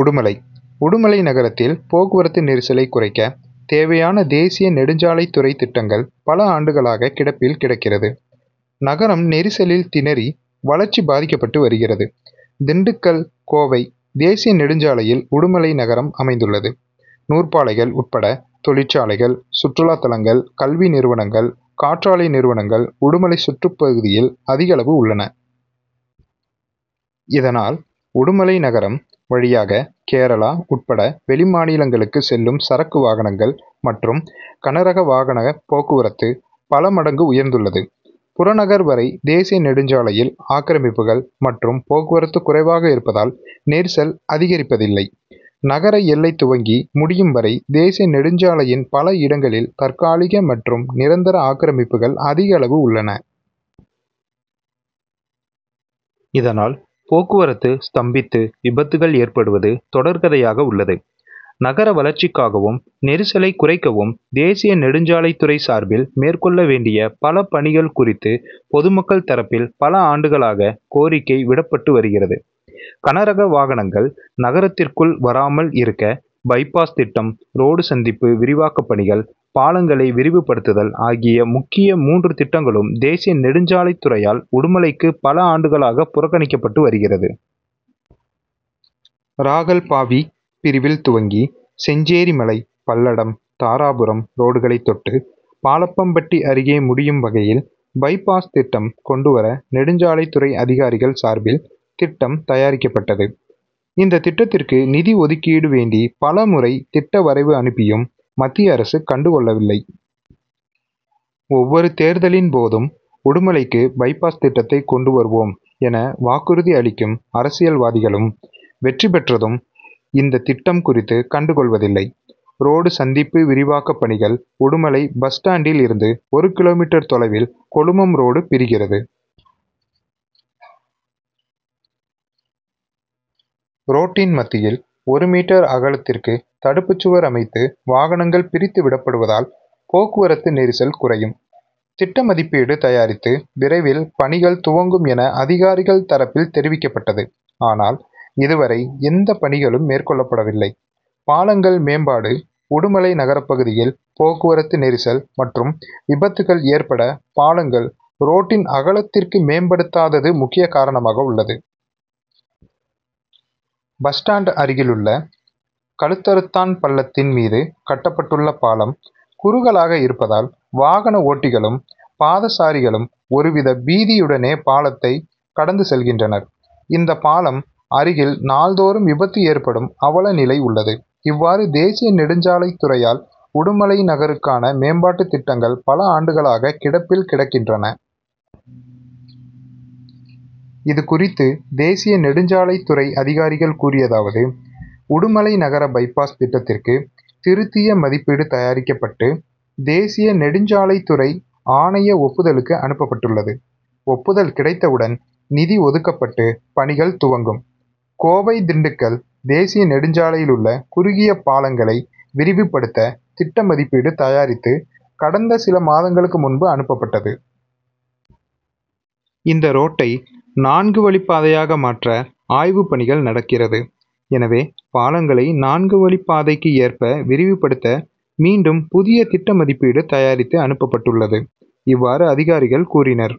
உடுமலை உடுமலை நகரத்தில் போக்குவரத்து நெரிசலை குறைக்க தேவையான தேசிய நெடுஞ்சாலைத்துறை திட்டங்கள் பல ஆண்டுகளாக கிடப்பில் கிடக்கிறது. நகரம் நெரிசலில் திணறி வளர்ச்சி பாதிக்கப்பட்டு வருகிறது. திண்டுக்கல்- கோவை தேசிய நெடுஞ்சாலையில் உடுமலை நகரம் அமைந்துள்ளது. நூற்பாலைகள் உட்பட தொழிற் சாலைகள், சுற்றுலா தலங்கள், கல்வி நிறுவனங்கள், காற்றாலை நிறுவனங்கள் உடுமலை சுற்றுப்பகுதியில் அதிகளவு உள்ளன. இதனால், உடுமலை நகரம் வழியாக கேரளா உட்பட வெளிமாநிலங்களுக்கு செல்லும் சரக்கு வாகனங்கள் மற்றும், கனரகவாகன போக்குவரத்து பல மடங்கு உயர்ந்துள்ளது. புறநகர் வரை தேசிய நெடுஞ்சாலையில் ஆக்கிரமிப்புகள் மற்றும் போக்குவரத்து குறைவாக இருப்பதால் நெரிசல் அதிகரிப்பதில்லை. நகர எல்லை துவங்கி முடியும் வரை தேசிய நெடுஞ்சாலையின் பல இடங்களில் தற்காலிக மற்றும் நிரந்தர ஆக்கிரமிப்புகள் அதிகளவு உள்ளன. இதனால், போக்குவரத்து ஸ்தம்பித்து விபத்துகள் ஏற்படுவது தொடர்கதையாக உள்ளது. நகர வளர்ச்சிக்காகவும், நெரிசலை குறைக் கவும் தேசிய நெடுஞ்சாலைத்துறை சார்பில் மேற்கொள்ள வேண்டிய பல பணிகள் குறித்து பொதுமக்கள் தரப்பில் பல ஆண்டுகளாக கோரிக்கை விடப்பட்டு வருகிறது. கனரக வாகனங்கள் நகரத்திற்குள் வராமல் இருக்க பை-பாஸ் திட்டம், ரோடு சந்திப்பு விரிவாக்க பணிகள், பாலங்களை விரிவுபடுத்துதல் ஆகிய முக்கிய மூன்று திட்டங்களும் தேசிய நெடுஞ்சாலைத்துறையால் உடுமலைக்கு பல ஆண்டுகளாக புறக்கணிக்கப்பட்டு வருகிறது. ராகல்பாவி பிரிவில் துவங்கி செஞ்சேரிமலை, பல்லடம், தாராபுரம் ரோடுகளை தொட்டு பாலப்பம்பட்டி அருகே முடியும் வகையில் பை-பாஸ் திட்டம் கொண்டு வர நெடுஞ் சாலைத்துறை அதிகாரிகள் சார்பில் திட்டம் தயாரிக்கப்பட்டது. இந்த திட்டத்திற்கு நிதி ஒதுக்கீடு வேண்டி பல முறை திட்ட வரைவு அனுப்பியும் மத்திய அரசு கண்டுகொள்ள வில்லை. ஒவ்வொரு தேர்தலின் போதும் உடுமலைக்கு பை-பாஸ் திட்டத்தை கொண்டு வருவோம் என வாக்குறுதி அளிக்கும் அரசியல்வாதிகளும் வெற்றி பெற்றதும் இந்த திட்டம் குறித்து கண்டுகொள்வதில்லை. ரோடு சந்திப்பு விரிவாக்க பணிகள் உடுமலை பஸ் ஸ்டாண்டில் இருந்து ஒரு கி. மீ., தொலைவில் கொழுமம் ரோடு பிரிகிறது. ரோட்டின் மத்தியில் ஒரு மீட்டர் அகலத்திற்கு தடுப்பு சுவர் அமைத்து வாகனங்கள் பிரித்து விடப்படுவதால் போக்குவரத்து நெரிசல் குறையும்; திட்டமதிப்பீடு தயாரித்து விரைவில் பணிகள் துவங்கும் என அதிகாரிகள் தரப்பில் தெரிவிக்கப்பட்டது. ஆனால், இதுவரை எந்த பணிகளும் மேற்கொள்ளப்படவில்லை. பாலங்கள் மேம்பாடு உடுமலை நகரப்பகுதியில் போக்குவரத்து நெரிசல் மற்றும் விபத்துகள் ஏற்பட பாலங்கள் ரோட்டின் அகலத்திற்கு மேம்படுத்தாதது முக்கிய காரணமாக உள்ளது. பஸ் ஸ்டாண்ட் அருகிலுள்ள கழுத்தறுத்தான் பள்ளத்தின் மீது கட்டப்படுள்ள பாலம் குறுகலாக இருப்பதால் வாகன ஓட்டிகளும், பாதசாரிகளும் ஒரு வித பீதியுடனே பாலத்தை கடந்து செல்கின்றனர். இந்த பாலம் அருகில் நாள்தோறும் விபத்து ஏற்படும் அவல நிலை உள்ளது. இவ்வாறு தேசிய நெடுஞ்சாலைத்துறையால் உடுமலை நகருக்கான மேம்பாட்டு திட்டங்கள் பல ஆண்டுகளாக கிடப்பில் கிடக்கின்றன. இது குறித்து தேசிய நெடுஞ்சாலைத்துறை அதிகாரிகள் கூறியதாவது உடுமலை நகர பை-பாஸ் திட்டத்திற்கு திருத்திய மதிப்பீடு தயாரிக்கப்பட்டு தேசிய நெடுஞ்சாலைத்துறை ஆணைய ஒப்புதலுக்கு அனுப்பப்பட்டுள்ளது. ஒப்புதல் கிடைத்தவுடன் நிதி ஒதுக்கப்பட்டு பணிகள் துவங்கும். கோவை-திண்டுக்கல் தேசிய நெடுஞ்சாலையிலுள்ள குறுகிய பாலங்களை விரிவுபடுத்த திட்ட மதிப்பீடு தயாரித்து கடந்த சில மாதங்களுக்கு முன்பு அனுப்பப்பட்டது. இந்த ரோட்டை நான்கு வழிப்பாதையாக மாற்ற ஆய்வு பணிகள் நடக்கிறது. எனவே பாலங்களை நான்கு வழிப்பாதைக்கு ஏற்ப விரிவுபடுத்த மீண்டும் புதிய திட்ட மதிப்பீடு தயாரித்து அனுப்பப் பட்டுள்ளது. இவ்வாறு அதிகாரிகள் கூறினர்.